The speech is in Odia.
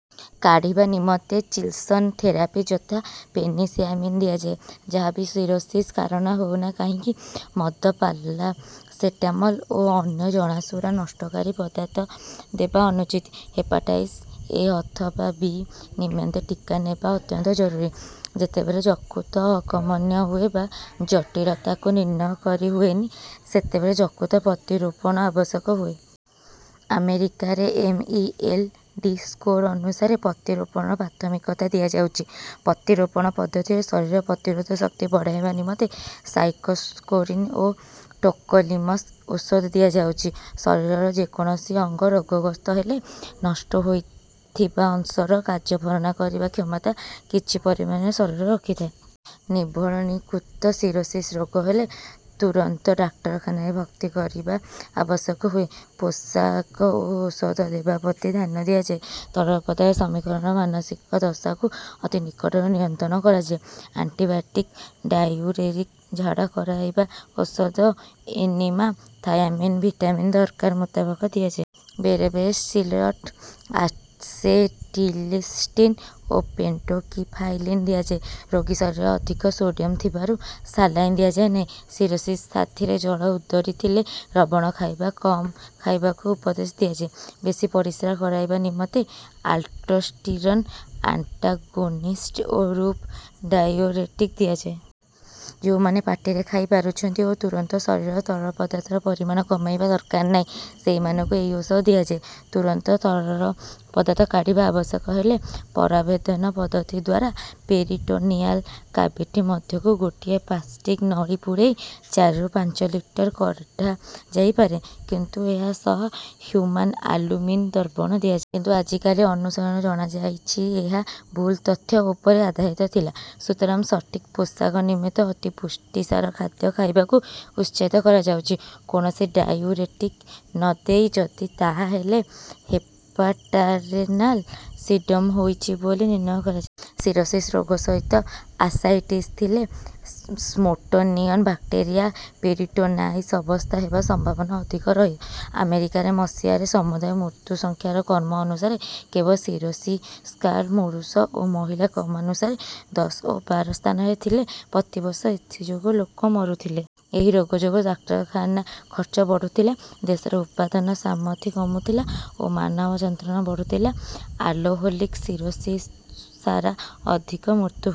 କାଢିବା ନିମନ୍ତେ ଚିଲେସନ ଥେରାପି ଯଥା ପେନିସିଲାମିନ୍ ଦିଆଯାଏ। ଯାହା ବି ସିରୋସିସ୍ର କାରଣ ହେଉ ନା କାହିଁକି ମଦ ପାରାସେଟାମଲ୍ ଓ ଅନ୍ୟ ଜଣାଶୁଣା ନଷ୍ଟକାରୀ ପଦାର୍ଥ ଦେବା ଅନୁଚିତ। ହେପାଟାଇଟିସ୍ ଏ ଅଥବା ବି ନିମନ୍ତେ ଟୀକା ନେବା ଅତ୍ୟନ୍ତ ଜରୁରୀ। ଯେତେବେଳେ ଯକୃତ ଅକର୍ମନ୍ୟ ହୁଏ ବା ଜଟୀଳତାକୁ ନିନ କରି ହୁଏନି ସେତେବେଳେ ଯକୃତ ପ୍ରତିରୋପଣ ଆବଶ୍ୟକ ହୁଏ। ଆମେରିକାରେ M. E. L. D. Score ଅନୁସାରେ ପ୍ରତିରୋପଣର ପ୍ରାଥମିକତା ଦିଆଯାଉଛି। ପ୍ରତିରୋପଣ ପଦ୍ଧତିରେ ଶରୀରର ପ୍ରତିରୋଧ ଶକ୍ତି ବଢେଇବା ନିମନ୍ତେ ସାଇକ୍ଲୋସ୍ପୋରିନ୍ ଓ ଟାର୍କୋଲିମସ ଔଷଧ ଦିଆଯାଉଛି। ଶରୀରର ଯେ କୌଣସି ଅଙ୍ଗ ରୋଗଗ୍ରସ୍ତ ହେଲେ ନଷ୍ଟ ହୋଇଥିବା ଅଂଶର କାର୍ଯ୍ୟ ଭରଣା କରିବା କ୍ଷମତା କିଛି ପରିମାଣରେ ଶରୀର ରଖିଥାଏ। ନିର୍ଭରଣିକୃତ ସିରୋସିସ୍ ରୋଗ ହେଲେ ତୁରନ୍ତ ଡାକ୍ତରଖାନାରେ ଭର୍ତ୍ତି କରିବା ଆବଶ୍ୟାକ ହୁଏ। ପୋଷକ ଓ ଔଷଧ ଦେବା ପ୍ରତି ଧ୍ୟାନ ଦିଆଯାଏ। ତରଳ ପଦାର୍ଥ ସମୀକରଣ ମାନସିକ ଦଶାକୁ ଅତି ନିକଟରୁ ନିୟନ୍ତ୍ରଣ କରାଯାଏ। ଆଣ୍ଟିବାୟୋଟିକ୍ ଡାଇୟୁରେଟିକ୍ ଝାଡା କରେଇବା ଔଷଧ ଏନିମା ଥାୟାମିନ୍ ଭିଟାମିନ୍ ଦରକାର ମୁତାବକ ଦିଆଯାଏ। ବେଳେ ବେଳେ ସ୍ଟିରଏଡ୍ ଆସେଟିଲ୍ସିସ୍ଟିନ୍ ଓ ପେଣ୍ଟୋକ୍ସିଫାଇଲିନ୍ ଦିଆଯାଏ। ରୋଗୀ ଶରୀରରେ ଅଧିକ ସୋଡିୟମ ଥିବାରୁ ସାଲାଇନ୍ ଦିଆଯାଏ ନାହିଁ। ସିରୋସିସ୍ ସାଥିରେ ଜଳ ଉଦରୀ ଥିଲେ ଲବଣ ଖାଇବା କମ୍ ଖାଇବାକୁ ଉପଦେଶ ଦିଆଯାଏ। ବେଶି ପରିଶ୍ରା କରେଇବା ନିମନ୍ତେ ଆଲ୍ଡୋସ୍ଟିରନ୍ ଆଣ୍ଟାଗୋନିଷ୍ଟ ଓ ଲୁପ୍ ଡାଇୟୁରେଟିକ୍ ଦିଆଯାଏ। ଯେଉଁମାନେ ପାଟିରେ ଖାଇ ପାରୁଛନ୍ତି ଓ ତୁରନ୍ତ ଶରୀରର ତରଳ ପଦାର୍ଥର ପରିମାଣ କମେଇବା ଦରକାର ନାହିଁ ସେହିମାନଙ୍କୁ ଏହି ଔଷଧ ଦିଆଯାଏ। ତୁରନ୍ତ ତରଳ ପଦାର୍ଥ କାଢିବା ଆବଶ୍ୟକ ହେଲେ ପରାବେଧନପଦ୍ଧତିଦ୍ୱାରା ପେରିଟୋନିଆଲ୍ କ୍ୟାଭିଟି ମଧ୍ୟକୁ ଗୋଟିଏ ପ୍ଲାସ୍ଟିକ ନଳି ପୁରେଇ ଚାରିରୁ ପାଞ୍ଚ ଲିଟର୍ କଢାଯାଇ ପାରେ କିନ୍ତୁ ଏହା ସହ ହ୍ୟୁମ୍ୟାନ ଆଲ୍ବୁମିନ୍ ଦ୍ରବଣ ଦିଆଯାଏ। କିନ୍ତୁ ଆଜିକାଲି ଅନୁଶୀଳନରୁ ଜଣାଯାଇଛି ଏହା ଭୁଲ ତଥ୍ୟ ଉପରେ ଆଧାରିତ ଥିଲା। ସୁତରାଂ ସଠିକ ପୋଷକ ନିମନ୍ତେ ଅତି ପୁଷ୍ଟିସାର ଖାଦ୍ୟ ଖାଇବାକୁ ଉତ୍ସାହିତ କରାଯାଉଛି। କୌଣସି ଡାଇୟୁରେଟିକ୍ ନ ଦେଇ ଯଦି ତାହା ହେଲେ ହେପାଟୋରେନାଲ୍ ସିଣ୍ଡ୍ରୋମ ହୋଇଛି ବୋଲି ନିର୍ଣ୍ଣୟ କରାଯାଏ। ସିରୋସିସ୍ ରୋଗ ସହିତ ଆସାଇଟିସ୍ ଥିଲେ ସ୍ପୋଣ୍ଟାନିଅସ୍ ବ୍ୟାକ୍ଟେରିଆଲ୍ ପେରିଟୋନାଇଟିସ୍ ଅବସ୍ଥା ହେବା ସମ୍ଭାବନା ଅଧିକ ରହେ। ଆମେରିକାରେ ମସିହାରେ ସମୁଦାୟ ମୃତ୍ୟୁ ସଂଖ୍ୟାର କ୍ରମ ଅନୁସାରେ କେବଳ ସିରୋସିସ୍ଦ୍ୱାରା ପୁରୁଷ ଓ ମହିଳା କ୍ରମାନୁସାରେ ଦଶ ଓ ବାର ସ୍ଥାନରେ ଥିଲେ। ପ୍ରତିବର୍ଷ ଏଥିଯୋଗୁ ଲୋକ ମରୁଥିଲେ। ଏହି ରୋଗ ଯୋଗୁ ଡାକ୍ତରଖାନା ଖର୍ଚ୍ଚ ବଢୁଥିଲା ଦେଶର ଉତ୍ପାଦନ ସାମର୍ଥ୍ୟ କମୁଥିଲା ଓ ମାନବ ଯନ୍ତ୍ରଣା ବଢୁଥିଲା। ଆଲ୍କୋହୋଲିକ୍ ସିରୋସିସ୍ଦ୍ୱାରା ଅଧିକ ମୃତ୍ୟୁ।